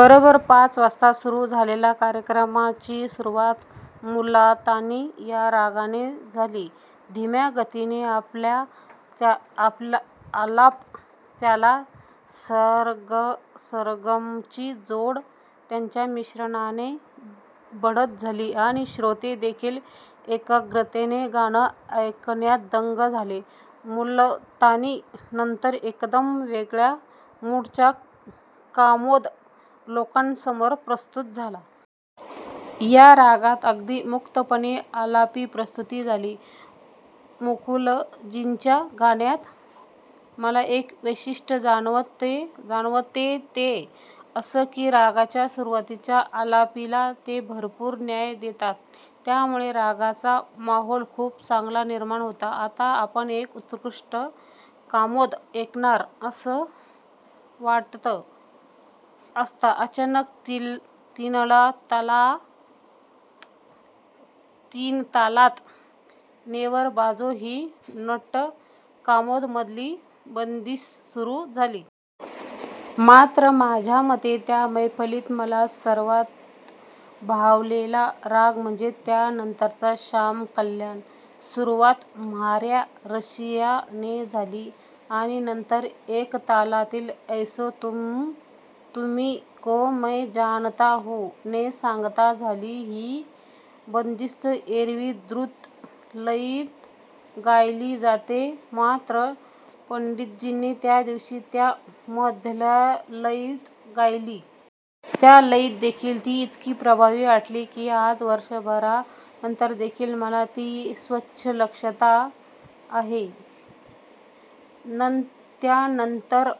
बरोबर पाच वाजता सुरु झालेल्या कार्यक्रमाची सुरुवात मुलतानी या रागाने झाली. धीम्या गतीचे आलाप, त्याला सरगमची जोड याच्या मिश्रणाने बढत झाली आणि श्रोते देखील एकाग्रतेने गाणं ऐकण्यात दंग झाले. मुलतानी नंतर एकदम वेगळ्या 'मूड'चा 'कामोद' लोकांसमोर प्रस्तुत झाला. या रागात अगदी मुक्तपणे आलापी प्रस्तुत झाली. मुकुलजींच्या गाण्यात मला एक वैशिष्ट्य जाणवतं ते असं की रागाच्या सुरुवातीच्या आलापीला ते भरपूर न्याय देतात. त्यामुळे रागाचा माहोल खूप चांगला निर्माण होतो. आता आपण एक उत्कृष्ट कामोद ऐकणार असं वाटत असता अचानक तीनतालात 'नेवर बाजो' ही नट कामोद मधील बंदिश सुरु झाली. मात्र माझ्यामते त्या मैफलीत मला सर्वात भावलेला राग म्हणजे त्या नंतरचा 'शाम-कल्याण. ' सुरुवात 'म्हारा रसिया' ने झाली आणि नंतर एकतालातील 'ऐसो तुमी को मै जानत हूँ' ने सांगता झाली. ही बंदिश एरवी द्रुत लयीत गायली जाते मात्र पंडितजींनी त्यादिवशी ती मध्यलयीत गायली. त्या लयीत देखील ती इतकी प्रभावी वाटली की आज वर्षभरा नंतर देखील मला ती स्वच्छ लक्षात आहे. त्या नंतर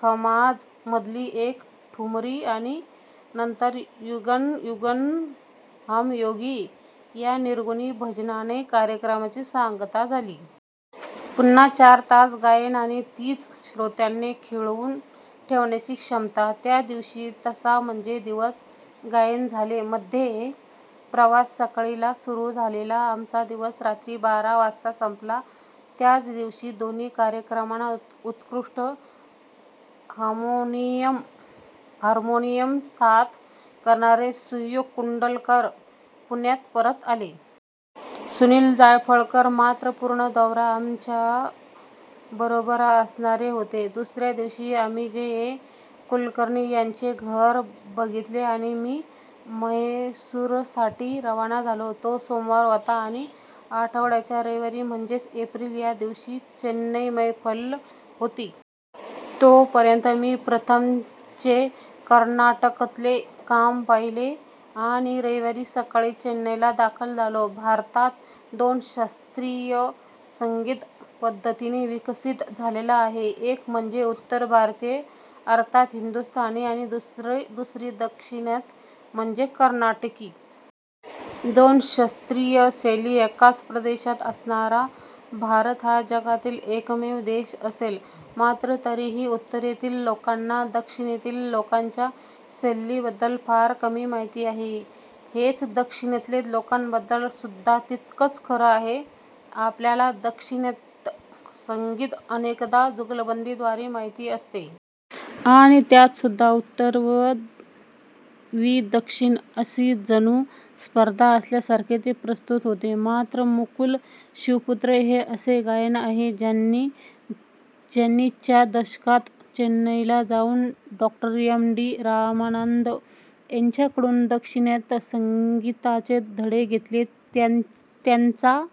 खमाज मधील एक ठुमरी आणि नंतर 'युगन युगन हम योगी' या निर्गुणी भजनाने कार्यक्रमाची सांगता झाली. पुन्हा चार तास गायन आणि तीच श्रोत्यांना खिळवून ठेवण्याची क्षमता. त्या दिवशी तास, म्हणजे दिवस गायन झाले. मध्ये प्रवास. सकाळी ला सुरु झालेला आमचा दिवस रात्री बारा वाजता संपला. त्याच दिवशी दोन्ही कार्यक्रमांना उत्कृष्ट हार्मोनियम साथ करणारे सुयोग कुंडलकर पुण्याला परत आले. सुनील जायफळकर मात्र पूर्ण दौरा आमच्या बरोबर असणार होते. दुसऱ्या दिवशी आम्ही जी. ए कुलकर्णी यांचे घर बघितले आणि मी मैसूरसाठी रवाना झालो. तो सोमवार होता आणि आठवड्याच्या रविवारी म्हणजेच एप्रिल या दिवशी चेन्नईला मैफल होती. तो पर्यंत मी 'प्रथम' चे कर्नाटकातले काम पाहिले आणि रविवारी सकाळी चेन्नईला दाखल झालो. भारतात दोन शास्त्रीय संगीत पद्धती विकसित झाल्या आहेत एक म्हणजे उत्तर भारतीय, अर्थात हिंदुस्थानी आणि दुसरी दाक्षिणात्य म्हणजे कर्नाटिक. दोन शास्त्रीय शैली एकाच प्रदेशात असणारा भारत हा जगातील एकमेव देश असेल. मात्र तरीही उत्तरेतील लोकांना दक्षिणेतील लोकांच्या शैलीबद्दल फार कमी माहिती आहे. हेच दाक्षिणात्य लोकांबद्दल सुद्धा तितकंच खरं आहे. आपल्याला दाक्षिणात्य संगीत अनेकदा जुगलबंदी द्वारे माहिती असते. आणि त्यात सुद्धा 'उत्तर वि दक्षिण' अशी जणू स्पर्धा असल्यासारखे ते प्रस्तुत होते. मात्र मुकुल शिवपुत्र हे असे गायक आहेत ज्यांनी च्या दशकात चेन्नईला जाऊन डॉ. एम डी रामनाथन यांच्याकडून दाक्षिणात्य संगीताचे धडे घेतले. त्यांच्या